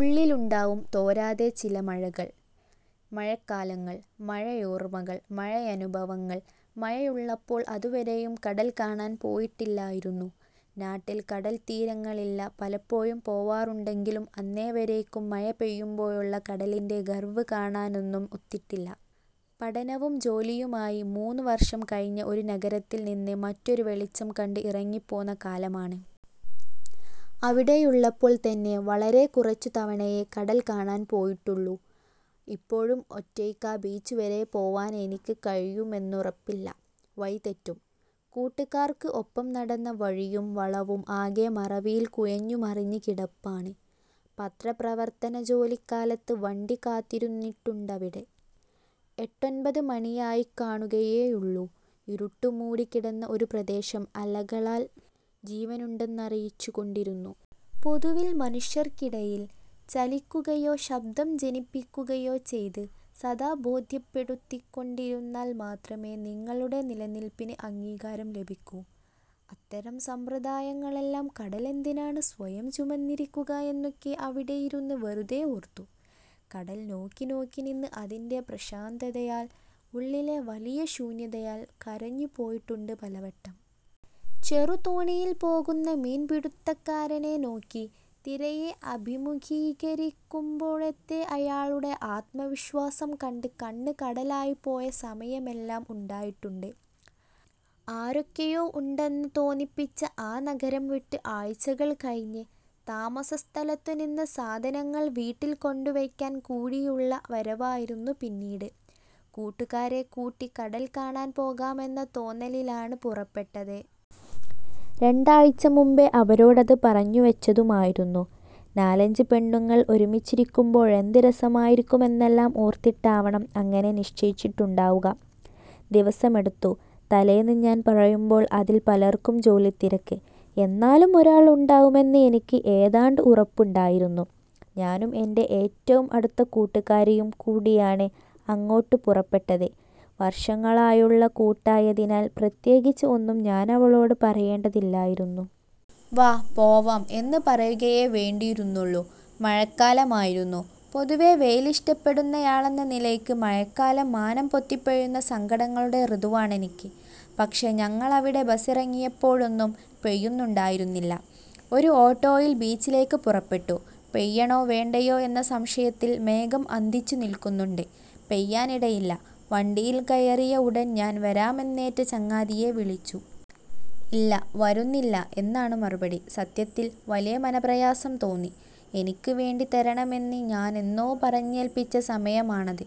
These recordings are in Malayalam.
ഉള്ളിലുണ്ടാവും, തോരാതെ ചില മഴകൾ. മഴക്കാലങ്ങള്‍. മഴയോർമ്മകൾ. മഴയനുഭവങ്ങൾ. മഴയുള്ളപ്പോൾ അതുവരെയും കടല്‍ കാണാന്‍ പോയിട്ടില്ലായിരുന്നു. നാട്ടില്‍ കടല്‍ത്തീരങ്ങളില്ല പലപ്പോഴും പോവാറുണ്ടെങ്കിലും അന്നേവരേയ്ക്കും മഴ പെയ്യുമ്പോഴുള്ള കടലിന്‍റെ ഗര്‍വ്വ് കാണാനൊന്നും ഒത്തിട്ടില്ല. പഠനവും ജോലിയുമായി മൂന്ന് വര്‍ഷം കഴിഞ്ഞ ഒരു നഗരത്തില്‍ നിന്ന് മറ്റൊരു വെളിച്ചം കണ്ട് ഇറങ്ങിപ്പോന്ന കാലമാണ്. അവിടെയുള്ളപ്പോൾ തന്നെ വളരെ കുറച്ചു തവണയേ കടല്‍ കാണാന്‍ പോയിട്ടുള്ളൂ. ഇപ്പോഴും ഒറ്റയ്ക്കാ ബീച്ചുവരെ പോവാനെനിക്ക് കഴിയുമെന്നുറപ്പില്ല, വഴിതെറ്റും. കൂട്ടുകാര്‍ക്ക്ഒപ്പം നടന്ന വഴിയും വളവും ആകെ മറവിയില്‍ കുഴഞ്ഞുമറിഞ്ഞ് കിടപ്പാണ്. പത്രപ്രവർത്തനജോലിക്കാലത്ത് വണ്ടി കാത്തിരുന്നിട്ടുണ്ടവിടെ. എട്ടൊൻപത് മണിയായിക്കാണുകയേയുള്ളൂ, ഇരുട്ടു മൂടി കിടന്ന ഒരു പ്രദേശം അലകളാല്‍ ജീവനുണ്ടെന്നറിയിച്ചുകൊണ്ടിരുന്നു. പൊതുവിൽ മനുഷ്യര്‍ക്കിടയില്‍ ചലിക്കുകയോ ശബ്ദം ജനിപ്പിക്കുകയോ ചെയ്ത് സദാ ബോധ്യപ്പെടുത്തിക്കൊണ്ടിരുന്നാൽ മാത്രമേ നിങ്ങളുടെ നിലനില്‍പ്പിന് അംഗീകാരം ലഭിക്കൂ. അത്തരം സമ്പ്രദായങ്ങളെല്ലാം കടല്‍ എന്തിനാണ് സ്വയം ചുമന്നിരിക്കുക എന്നൊക്കെ അവിടെയിരുന്ന് വെറുതെ ഓര്‍ത്തു. കടൽ നോക്കി നോക്കി നിന്ന് അതിന്‍റെ പ്രശാന്തതയാൽ, ഉള്ളിലെ വലിയ ശൂന്യതയാല്‍ കരഞ്ഞുപോയിട്ടുണ്ട് പലവട്ടം. ചെറു തോണിയില്‍ പോകുന്ന മീൻ പിടുത്തക്കാരനെ നോക്കി, തിരയെ അഭിമുഖീകരിക്കുമ്പോഴത്തെ അയാളുടെ ആത്മവിശ്വാസം കണ്ട് കണ്ണ് കടലായി പോയ സമയമെല്ലാം ഉണ്ടായിട്ടുണ്ട്. ആരൊക്കെയോ ഉണ്ടെന്ന് തോന്നിപ്പിച്ച ആ നഗരം വിട്ട് ആഴ്ചകള്‍ കഴിഞ്ഞ്, താമസസ്ഥലത്തുനിന്ന് സാധനങ്ങള്‍ വീട്ടില്‍ കൊണ്ടുവെക്കാന്‍ കൂടിയുള്ള വരവായിരുന്നു പിന്നീട്. കൂട്ടുകാരെ കൂട്ടി കടല്‍ കാണാന്‍ പോകാമെന്ന തോന്നലിലാണ് പുറപ്പെട്ടത്. രണ്ടാഴ്ച മുമ്പേ അവരോടത് പറഞ്ഞുവെച്ചതുമായിരുന്നു. നാലഞ്ച് പെണ്ണുങ്ങള്‍ ഒരുമിച്ചിരിക്കുമ്പോഴെന്ത് രസമായിരിക്കുമെന്നെല്ലാം ഓര്‍ത്തിട്ടാവണം അങ്ങനെ നിശ്ചയിച്ചിട്ടുണ്ടാവുക. ദിവസമടുത്തു. തലേന്ന് ഞാന്‍ പറയുമ്പോള്‍ അതില്‍ പലര്‍ക്കും ജോലിത്തിരക്ക്. എന്നാലും ഒരാള്‍ ഉണ്ടാവുമെന്ന് എനിക്ക് ഏതാണ്ട് ഉറപ്പുണ്ടായിരുന്നു. ഞാനും എന്‍റെ ഏറ്റവും അടുത്ത കൂട്ടുകാരിയും കൂടിയാണ് അങ്ങോട്ട് പുറപ്പെട്ടത്. വര്‍ഷങ്ങളായുള്ള കൂട്ടായതിനാൽ പ്രത്യേകിച്ച് ഒന്നും ഞാനവളോട് പറയേണ്ടതില്ലായിരുന്നു. വാ പോവാം എന്ന് പറയുകയേ വേണ്ടിയിരുന്നുള്ളൂ. മഴക്കാലമായിരുന്നു. പൊതുവെ വെയിലിഷ്ടപ്പെടുന്നയാളെന്ന നിലയ്ക്ക് മഴക്കാലം മാനം പൊത്തിപ്പെയ്യുന്ന സങ്കടങ്ങളുടെ ഋതുവാണെനിക്ക്. പക്ഷെ ഞങ്ങളവിടെ ബസിറങ്ങിയപ്പോഴൊന്നും പെയ്യുന്നുണ്ടായിരുന്നില്ല. ഒരു ഓട്ടോയില്‍ ബീച്ചിലേക്ക് പുറപ്പെട്ടു. പെയ്യണോ വേണ്ടയോ എന്ന സംശയത്തില്‍ മേഘം അന്തിച്ചു നില്‍ക്കുന്നുണ്ട്. പെയ്യാനിടയില്ല. വണ്ടിയില്‍ കയറിയ ഉടന്‍ ഞാന്‍ വരാമെന്നേറ്റ ചങ്ങാതിയെ വിളിച്ചു. ഇല്ല വരുന്നില്ല എന്നാണ് മറുപടി. സത്യത്തില്‍ വലിയ മനപ്രയാസം തോന്നി. എനിക്ക് വേണ്ടി തരണമെന്ന് ഞാനെന്നോ പറഞ്ഞേൽപ്പിച്ച സമയമാണത്.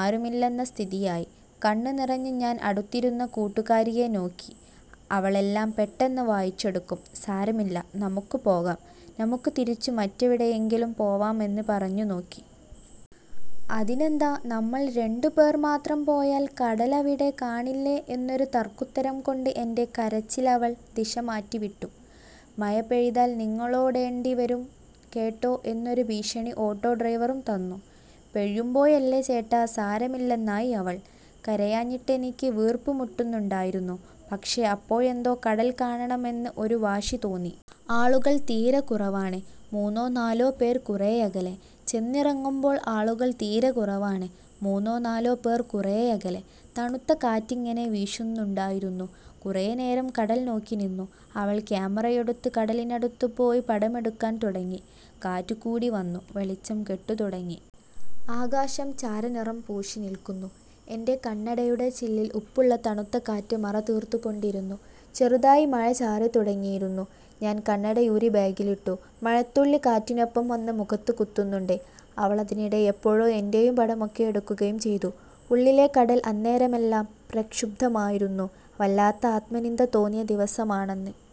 ആരുമില്ലെന്ന സ്ഥിതിയായി. കണ്ണ് നിറഞ്ഞ് ഞാന്‍ അടുത്തിരുന്ന കൂട്ടുകാരിയെ നോക്കി. അവളെല്ലാം പെട്ടെന്ന് വായിച്ചെടുക്കും. സാരമില്ല. നമുക്ക് പോകാം. നമുക്ക് തിരിച്ചു മറ്റെവിടെയെങ്കിലും പോവാമെന്ന് പറഞ്ഞുനോക്കി. അതിനെന്താ നമ്മള്‍ രണ്ടുപേര്‍ മാത്രം പോയാല്‍ കടലവിടെ കാണില്ലേ എന്നൊരു തര്‍ക്കുത്തരം കൊണ്ടു എന്‍റെ കരച്ചിലവൾ ദിശമാറ്റിവിട്ടു. മഴ പെയ്താല്‍ നിങ്ങളോടേണ്ടിവരും കേട്ടോ എന്നൊരു ഭീഷണി ഓട്ടോ ഡ്രൈവറും തന്നു. പെയ്യുമ്പോഴല്ലേ ചേട്ടാ സാരമില്ലെന്നായി അവള്‍. കരയാഞ്ഞിട്ടെനിക്ക് വീർപ്പുമുട്ടുന്നുണ്ടായിരുന്നു. പക്ഷെ അപ്പോഴെന്തോ കടല്‍ കാണണമെന്ന് ഒരു വാശി തോന്നി. ആളുകള്‍ തീരെ കുറവാണ്. മൂന്നോ നാലോ പേര് കുറേയകലെ. ചെന്നിറങ്ങുമ്പോൾ ആളുകള്‍ തീരെ കുറവാണ്. മൂന്നോ നാലോ പേർ കുറേയകലെ. തണുത്ത കാറ്റിങ്ങനെ വീശുന്നുണ്ടായിരുന്നു. കുറേ നേരം കടല്‍ നോക്കി നിന്നു. അവള്‍ ക്യാമറയെടുത്ത് കടലിനടുത്ത് പോയി പടമെടുക്കാന്‍ തുടങ്ങി. കാറ്റ് കൂടി വന്നു. വെളിച്ചം കെട്ടുതുടങ്ങി. ആകാശം ചാരനിറം പൂശി നില്‍ക്കുന്നു. എന്‍റെ കണ്ണടയുടെ ചില്ലില്‍ ഉപ്പുള്ള തണുത്ത കാറ്റ് മറ തീര്‍ത്തുകൊണ്ടിരുന്നു. ചെറുതായി മഴ ചാറിതുടങ്ങിയിരുന്നു. ഞാന്‍ കണ്ണടയൂരി ബാഗിലിട്ടു. മഴത്തുള്ളി കാറ്റിനൊപ്പം വന്ന് മുഖത്ത് കുത്തുന്നുണ്ട്. അവളതിനിടെ എപ്പോഴോ എന്‍റെയും പടമൊക്കെയെടുക്കുകയും ചെയ്തു. ഉള്ളിലെ കടല്‍ അന്നേരമെല്ലാം പ്രക്ഷുബ്ധമായിരുന്നു. വല്ലാത്ത ആത്മനിന്ദ തോന്നിയ ദിവസമാണന്ന്.